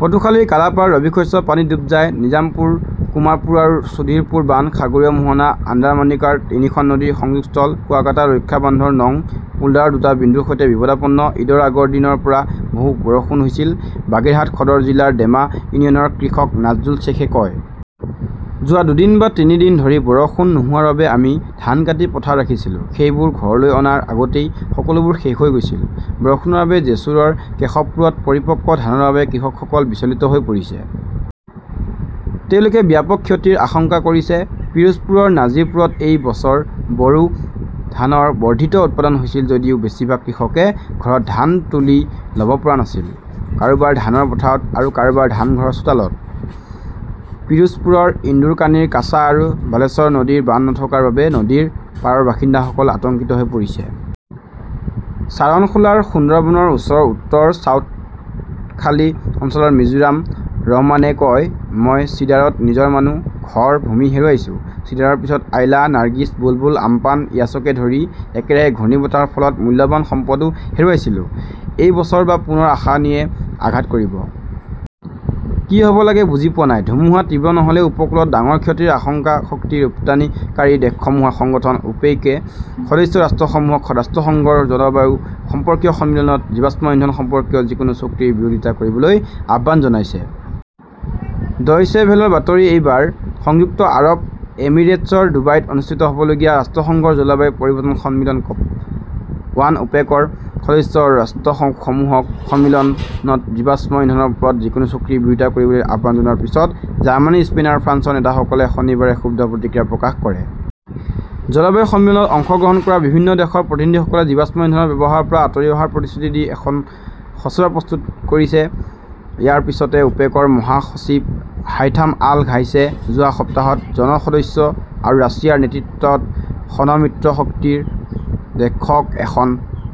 পটুখালিৰ কালাপাড়াত ৰবি শস্য পানীত ডুব যায়। নিজামপুৰ, কোমাৰপুৰ আৰু সুধীৰপুৰ বান্ধ, সাগৰীয় মোহনা আণ্ডাৰমানিকাৰ তিনিখন নদীৰ সংযোগস্থল, কুৱাকাটা ৰক্ষা বান্ধৰ নং পোল্ডাৰৰ দুটা বিন্দুৰ সৈতে বিপদাপন্ন। "ঈদৰ আগৰ দিনৰ পৰা বহু বৰষুণ হৈছিল", বাগেৰহাট সদৰ জিলাৰ ডেমা ইউনিয়নৰ কৃষক নাজজুল শ্বেখে কয়। যোৱা দুদিন বা তিনি দিন ধৰি বৰষুণ নোহোৱাৰ বাবে আমি ধান কাটি পথাৰত ৰাখিছিলোঁ। সেইবোৰ ঘৰলৈ অনাৰ আগতেই সকলোবোৰ শেষ হৈ গৈছিল। "বৰষুণৰ বাবে জেছুৰৰ কেশৱপুৰত পৰিপক্ক ধানৰ বাবে কৃষকসকল বিচলিত হৈ পৰিছে। তেওঁলোকে ব্যাপক ক্ষতিৰ আশংকা কৰিছে। পিৰোজপুৰৰ নাজিৰপুৰত এই বছৰ বৰো ধানৰ বৰ্ধিত উৎপাদন হৈছিল যদিও বেছিভাগ কৃষকে ঘৰত ধান তুলি ল "ব পৰা নাছিল। কাৰোবাৰ ধানৰ পথাৰত, আৰু কাৰোবাৰ ধান ঘৰৰ চোতালত। পিৰোজপুৰৰ ইন্দুৰকানীৰ কাচা আৰু বালেশ্বৰ নদীৰ বান্ধ নথকাৰ বাবে নদীৰ পাৰৰ বাসিন্দাসকল আতংকিত হৈ পৰিছে। ছাৰণখোলাৰ সুন্দৰবনৰ ওচৰৰ উত্তৰ চাউথখালী অঞ্চলৰ মিজোৰাম ৰহমানে কয়, "মই চিডাৰত নিজৰ মানুহ, ঘৰ, ভূমি হেৰুৱাইছো। চিডাৰৰ পিছত আইলা, নাৰ্গিছ, বুলবুল, আম্পান, ইয়াছকে ধৰি একেৰাহে ঘূৰ্ণীবতাহৰ ফলত মূল্যৱান সম্পদও হেৰুৱাইছিল। এই বছৰ বা পুনৰ আসানীয়ে আঘাত কৰিব। কি হ "ব লাগে বুজি পোৱা নাই। '। ধুমুহা তীব্ৰ নহ "লেও উপকূলত ডাঙৰ ক্ষতিৰ আশংকা শক্তি ৰপ্তানিকাৰী দেশসমূহৰ সংগঠন ওপেইকে সদস্য ৰাষ্ট্ৰসমূহক ৰাষ্ট্ৰসংঘৰ জলবায়ু সম্পৰ্কীয় সন্মিলনত জীৱাশ্ম ইন্ধন সম্পৰ্কীয় যিকোনো চুক্তিৰ বিৰোধিতা কৰিবলৈ আহ্বান জনাইছে। ডয়চে ভেলৰ বাতৰি এইবাৰ সংযুক্ত আৰৱ এমিৰেটছৰ ডুবাইত অনুষ্ঠিত হ "বলগীয়া ৰাষ্ট্ৰসংঘৰ জলবায়ু পৰিৱৰ্তন সন্মিলন কপ-। ওপেকৰ সদস্য ৰাষ্ট্ৰসমূহক সন্মিলনত জীৱাশ্ম ইন্ধনৰ ওপৰত যিকোনো চুক্তিৰ বিৰোধিতা কৰিবলৈ আহ্বান জনোৱাৰ পিছত, জাৰ্মানী, স্পেইন আৰু ফ্ৰান্সৰ নেতাসকলে শনিবাৰে ক্ষুব্ধ প্ৰতিক্ৰিয়া প্ৰকাশ কৰে। জলবায়ু সন্মিলনত অংশগ্ৰহণ কৰা বিভিন্ন দেশৰ প্ৰতিনিধিসকলে জীৱাশ্ম ইন্ধনৰ ব্যৱহাৰৰ পৰা আঁতৰি অহাৰ প্ৰতিশ্ৰুতি দি এখন খচৰা প্ৰস্তুত কৰিছে। ইয়াৰ পিছতে ওপেকৰ মহাসচিব হাইথাম আল ঘাইছে যোৱা সপ্তাহত জন সদস্য আৰু ৰাছিয়াৰ নেতৃত্বত খন মিত্ৰশক্তিৰ দেশক এখন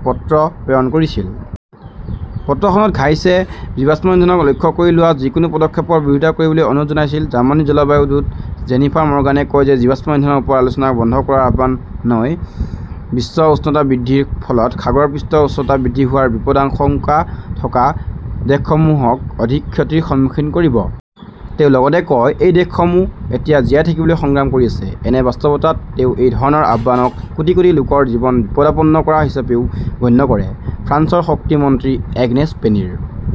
পত্ৰ প্ৰেৰণ কৰিছিল। পত্ৰখনত ঘাইছে 'জীৱাশ্ম ইন্ধনক লক্ষ্য কৰি লোৱা যিকোনো পদক্ষেপৰ বিৰোধিতা কৰিবলৈ "অনুৰোধ জনাইছিল। জাৰ্মানীৰ জলবায়ু দূত জেনিফাৰ মৰ্গানে কয় যে জীৱাশ্ম ইন্ধনৰ ওপৰত আলোচনা বন্ধ কৰাৰ আহ্বানই বিশ্ব উষ্ণতা বৃদ্ধিৰ ফলত সাগৰৰ পৃষ্ঠৰ উচ্চতা বৃদ্ধি হোৱাৰ বিপদাশংকা থকা দেশসমূহক অধিক ক্ষতিৰ সন্মুখীন কৰিব। তেওঁ লগতে কয়, "এই দেশসমূহে এতিয়া জীয়াই থাকিবলৈ সংগ্ৰাম কৰি আছে। "এনে বাস্তৱতাত, তেওঁ এই ধৰণৰ আহ্বানক কোটি কোটি লোকৰ জীৱন বিপদাপন্ন কৰা হিচাপেও গণ্য কৰে। ফ্ৰান্সৰ শক্তি মন্ত্ৰী এগ্নেছ পেনিৰ